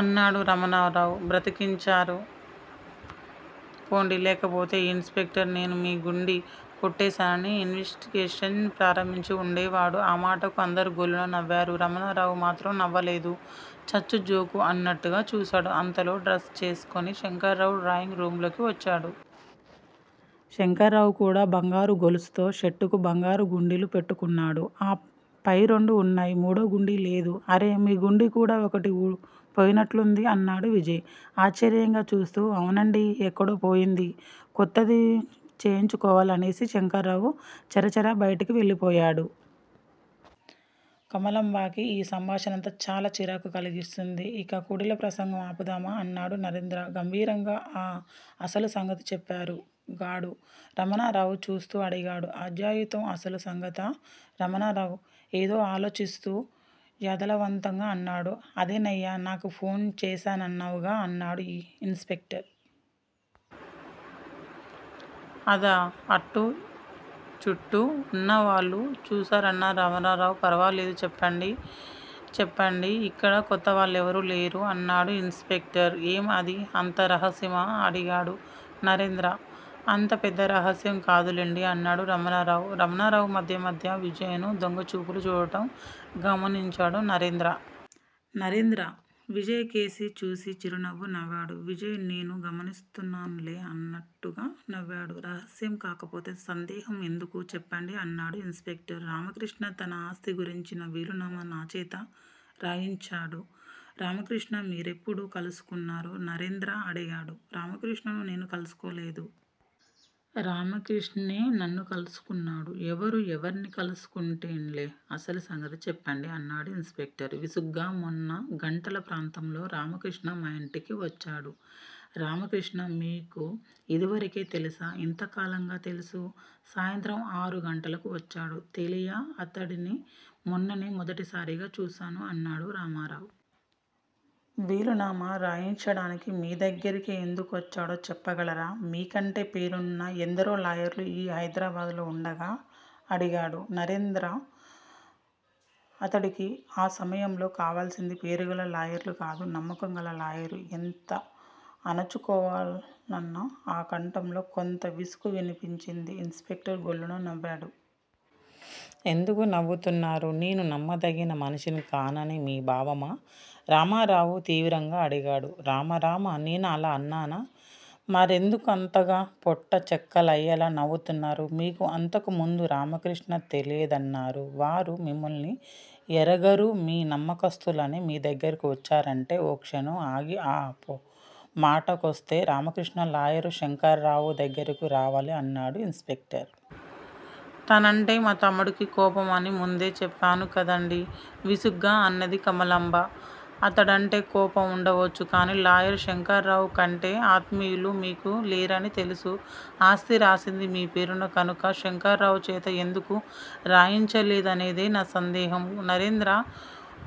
అన్నాడు రమణరావు. బతికించారు పోండి. లేకపోతే ఈ ఇన్ స్పెక్టర్ నేను మీ గుండీ కొట్టేశానని ఇన్వెస్టిగేషన్ ప్రారంభించి ఉండేవాడు. ఆ మాటకు అందరూ గొల్లున నవ్వారు. రమణరావు మాత్రం నవ్వలేదు. చచ్చుజోక్ అన్నట్టుగా చూశాడు. అంతలో డ్రెస్ చేసుకొని శంకర్రావు డ్రాయింగ్ రూంలోకి వచ్చాడు. శంకర్రావు కూడా బంగారు గొలుసుతో షర్టుకు బంగారుగుండీలు పెట్టుకున్నాడు. పై రెండూ ఉన్నాయి, మూడో గుండీ లేదు. అరే మీ గుండీ కూడా ఒకటి పోయినట్టుంది? అన్నాడు విజయ్ ఆశ్చర్యంగా చూస్తూ. అవునండీ. ఎక్కడో పోయింది. కొత్తది చేయించుకోవాలి అనేసి శంకర్ర్రావు చరచరా బయటికి వెళ్ళిపోయాడు. కమలాంబకి ఈ సంభాషణంతా చాలా చిరాకు కలిగిస్తోంది. ఇక గుండీల ప్రసంగం ఆపుదామా? అన్నాడు నరేంద్ర గంభీరంగా. ఆ! అసలు సంగతి చెప్పారు గాడు? రమణరావును చూస్తూ అడిగాడు అద్వయితం. అసలు సంగతా? రమణరావు ఏదోఆలోచిస్తూ యదాలావంగా అన్నాడు. అదేనయ్యా! నాకు ఫోన్ చేశానన్నావుగా? అన్నాడు ఇన్ స్పెక్టర్. అదా? అంటూ చుట్టూ ఉన్నవాళ్ళను చూశాడురమణరావు. ఫర్వాలేదు. చెప్పండి. చేప్పండి ఇక్కడ కొత్తవాళ్ళెవరూలేరులే అన్నాడు ఇన్ స్పెక్టర్. ఏం? అది అంత రహస్యమా? అడిగాడు నరేంద్ర. అంత పెద్ద రహస్యం కాదులెండి అన్నాడు రమణరావు. రమణరావు మధ్య మధ్య విజయ్ ను దొంగచూపులు చూడటం గమనించాడు నరేంద్ర. నరేంద్ర విజయ్ కేసి చూసి చిరునవ్వు నవ్వాడు. విజయ్ నేనూ గమనిస్తున్నానులే అన్నట్టుగా నవ్వాడు, రహస్యం కాకపోతే సందేహం ఎందుకు చెప్పండి అన్నాడు ఇన్ స్పెక్టర్. రామకృష్ణ తన ఆస్తిని గురించిన వీలునామా నాచేత రాయించాడు. రామకృష్ణను మీరెప్పుడు కలుసుకున్నారు? నరేంద్ర అడిగాడు రామకృష్ణను నేను కలుసుకోలేదు. రామకృష్ణే నన్ను కలుసుకున్నాడు. ఎవరు ఎవర్ని కలుసుకుంటే నేంలే! అసలు సంగతి చెప్పండి అన్నాడు ఇన్ స్పెక్టర్ విసుగ్గా. మొన్న గంటల ప్రాంతంలో రామకృష్ణ మా ఇంటికి వచ్చాడు. రామకృష్ణ మీకు ఇదివరకే తెలుసా? ఇంతకాలంగా తెలుసు? సాయంత్రం ఆరు గంటలకు వచ్చాడా? తెలియ. అతడ్ని మొన్ననే మొదటిసారిగా చూశాను అన్నాడు రమణరావు. వీలునామా రాయించడానికి మీ దగ్గరికే ఎందుకొచ్చాడో చెప్పగలరా? మీకంటే పేరున్న ఎందరో లాయర్లు ఈ హైదరాబాదులో ఉండగా? అడిగాడు నరేంద్ర. అతడికి ఆ సమయంలో కావాల్సింది పేరుగల లాయర్ కాదు. నమ్మకం గల లాయరు ఎంత అణచుకోవాలన్న ఆ కంఠంలో కొంత విసుగు వినిపించింది. ఇన్ స్పెక్టర్ గొల్లున నవ్వాడు. ఎందుకు నవ్వుతున్నారు? నేను నమ్మతగిన మనిషిని కానని మీ భావమా? రమణారావు తీవ్రంగా అడిగాడు. రామ! రామ! నేను అలా అన్నానా? మరెందు కంతగా పొట్ట చెక్కలయ్యేలా నవ్వుతున్నారు? మీకు అంతకు ముందు రామకృష్ణ తెలియదన్నారు. వారు మిమ్మల్ని ఎరగరు. మీరు నమ్మకస్తులని మీ దగ్గరకు వచ్చారంటే ఓ క్షణం ఆగి ఆ మాటకొస్తే రామకృష్ణ లాయర్ శంకరరావు దగ్గరకు రావాలి అన్నాడు ఇన్ స్పెక్టర్. తనంటే మాతమ్ముడికి కోపం అని ముందే చెప్పానుకదండీ? విసుగ్గా అన్నది కమలాంబ. అతడంటే కోపం ఉండవచ్చును. కాని లాయర్ శంకరరావ్ కంటే ఆత్మీయులు మీకు లేరనీ తెలుసు ఆస్తి రాసింది మీ పేరున కనక శంకర్రావుచేత ఎందుకు రాయించలేదనేదేనా సందేహం. నరేంద్ర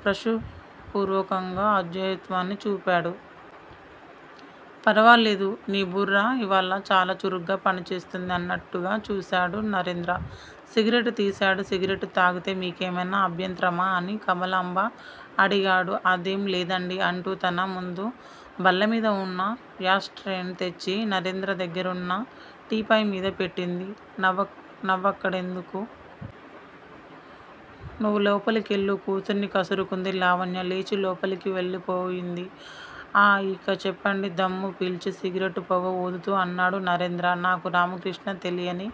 ప్రశంపూర్వకంగా అద్వాయితాన్ని చూశాడు. పర్వాలేదు. నీ బుర్ర ఇవ్వాళ చాలాచురుగ్గా పనిచేస్తుంది అన్నట్టుగాచూశాడు. నరేంద్ర సిగరెట్ తీశాడు. సిగరెట్ తాగితే మీకేమైనా అభ్యంతరమా? అని కమలాంబ అడిగాడు. అదేం లేదండీ అంటూ తన ముందు బల్లమీద ఉన్న యాష్ ట్రేని తెచ్చి నరేంద్ర దగ్గరున్న టీపాయ్ మీద పెట్టింది. నువ్వక్కడెందుకే. నువ్వులోపలకెళ్ళు. కూతుర్ని కసురుకుంది. లావణ్య లేచి లోపలకు వెళ్ళిపోయింది. ఆ ఇక చెప్పండి దమ్ము పీల్చి సిగరెట్ పొగఊదుతూ అన్నాడు నరేంద్ర. నాకు రామకృష్ణ తెలియని